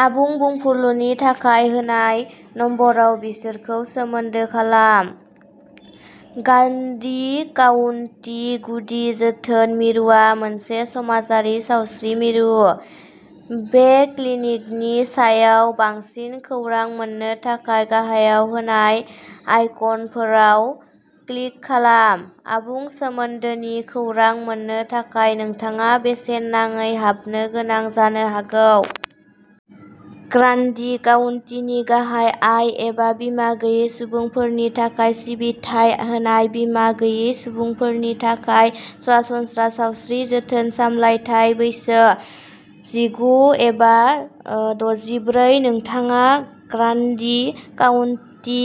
आबुं बुंफुरलुनि थाखाय होनाय नम्बराव बिसोरखौ सोमोन्दो खालाम। ग्रान्डि काउन्टि गुदि जोथोन मिरुआ मोनसे समाजारि सावस्रि मिरु। बे क्लिनिकनि सायाव बांसिन खौरां मोन्नो थाखाय, गाहायाव होनाय आइकनफोराव क्लिक खालाम। आबुं सोमोन्दोनि खौरां मोननो थाखाय नोंथाङा बेसेन नाङै हाबनो गोनां जानो हागौ। ग्रान्डि काउन्टिनि गाहाय आय एबा बिमा गैयै सुबुंफोरनि थाखाय सिबिथाय होनाय। बिमा गैयै सुबुंफोरनि थाखाय सरासनस्रा सावस्रि जोथोन सामलायथाय बैसो जिगु एबा ओ दजिब्रै, नोंथाङा ग्रान्डि काउन्टि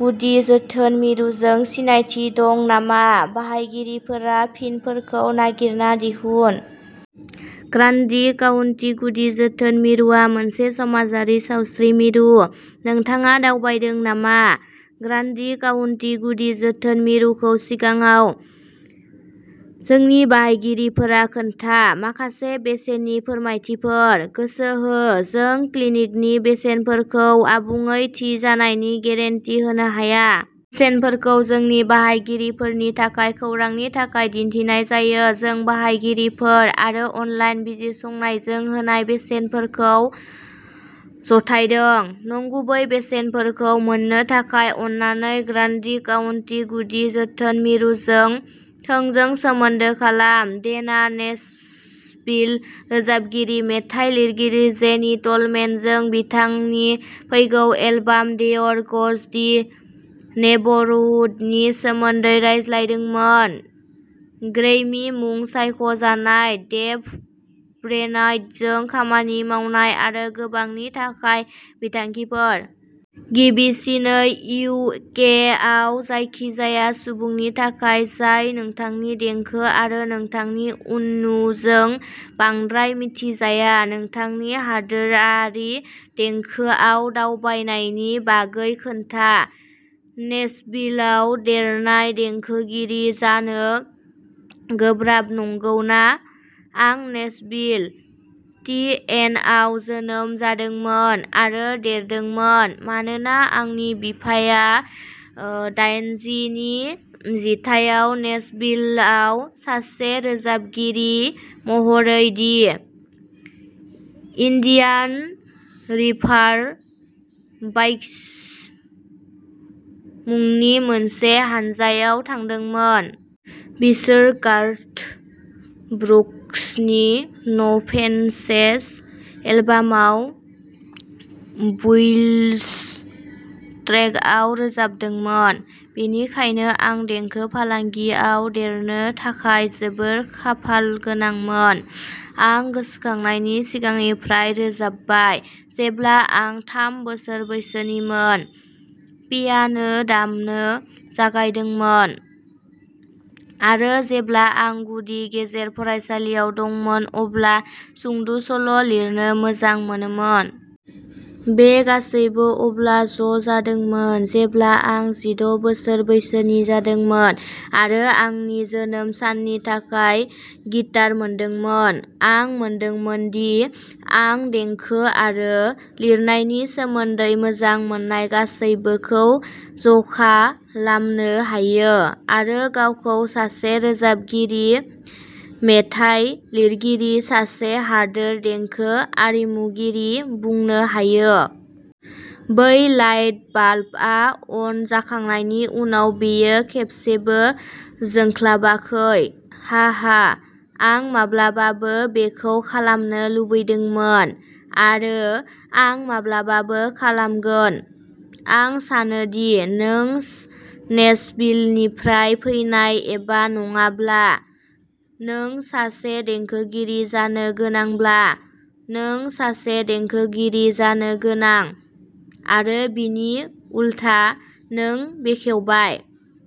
गुदि जोथोन मिरुजों सिनायथि दं नामा? बाहायगिरिफोरा फिनफोरखौ नागिरना दिहुन। ग्रान्डि काउन्टि गुदि जोथोन मिरुआ मोनसे समाजारि सावस्रि मिरु। नोंथाङा दावबायदों नामा? ग्रान्डी काउन्टी गुदि जोथोन मिरुखौ सिगाङाव? जोंनि बाहायगिरिफोरा खोन्था, माखासे बेसेननि फोरमायथिफोर, गोसो हो जों क्लिनिकनि बेसेनफोरखौ आबुङै थि जानायनि गेरेन्टि होनो हाया। सेनफोरखौ जोंनि बाहायगिरिफोरनि थाखाय खौरांनि थाखाय दिन्थिनाय जायो। जों बाहायगिरिफोर आरो अनलाइन बिजिरसंनायजों होनाय बेसेनफोरखौ जथायदों। नंगुबै बेसेनफोरखौ मोन्नो थाखाय अन्नानै ग्रान्डी काउन्टी गुदि जोथोन मिरुजों थोंजों सोमोन्दो खालाम। डेनआ नेशविल रोजाबगिरि-मेथाइ लिरगिरि जेनी टलमेनजों बिथांनि फैगौ एलबाम'देयर गोज दि नेब'रहुड'नि सोमोन्दै रायज्लायदोंमोन, ग्रैमी-मुं सायख'जानाय डेभ ब्रेनार्डजों खामानि मावनाय, आरो गोबांनि थाखाय बिथांखिफोर। गिबिसिनै, इउ. के. आव जायखिजाया सुबुंनि थाखाय जाय नोंथांनि देंखो आरो नोंथांनि उननुजों बांद्राय मिथिजाया, नोंथांनि हादोरयारि देंखोआव दावबायनायनि बागै खोन्था नेशविलाव देरनाय, देंखोगिरि जानो गोब्राब नंगौना? आं नेशविल, टि. एन. आव जोनोम जादोंमोन आरो देरदोंमोन, मानोना आंनि बिफाया दाइनजि नि जिथायाव नेशविलआव सासे रोजाबगिरि महरै दि इन्डियान रिभार ब'य्स मुंनि मोनसे हानजायाव थांदोंमोन। बिसोर गार्थ ब्रुक्सनि "न'फेन्सेस" एलबामाव "वुल्व्स" ट्रेकआव रोजाबदोंमोन। बेनिखायनो, आं देंखो फालांगियाव देरनो थाखाय जोबोद खाफालगोनांमोन। आं गोसोखांनायनि सिगांनिफ्राय रोजाबबाय, जेब्ला आं थाम बोसोर बैसोनिमोन, पियानो दामनो जागायदोंमोन, आरो जेब्ला आं गुदि गेजेर फरायसालियाव दंमोन अब्ला सुंद'सल'लिरनो मोजां मोनोमोन। बे गासैबो अब्ला ज'जादोंमोन जेब्ला आं जिद' बोसोर बैसोनि जादोंमोन आरो आंनि जोनोम साननि थाखाय गिटार मोनदोंमोन। आं मोनदोंमोन दि आं देंखो आरो लिरनायनि सोमोन्दै मोजां मोननाय गासैबोखौ ज'खालामनो हायो आरो गावखौ सासे रोजाबगिरि मेथाइ लिरगिरि सासे हादोर देंखो आरिमुगिरि बुंनो हायो। बै लाइट बाल्बआ अन जाखांनायनि उनाव, बेयो खेबसेबो जोंख्लाबाखै, हाहा। आं माब्लाबाबो बेखौ खालामनो लुबैदोंमोन, आरो आं माब्लाबाबो खालामगोन। आं सानो दि नों नेशविलनिफ्राय फैनाय एबा नङाब्ला, नों सासे देंखोगिरि जानो गोनांब्ला, नों सासे देंखोगिरि जानो गोनां, आरो बिनि उलथा। नों बेखेवबाय।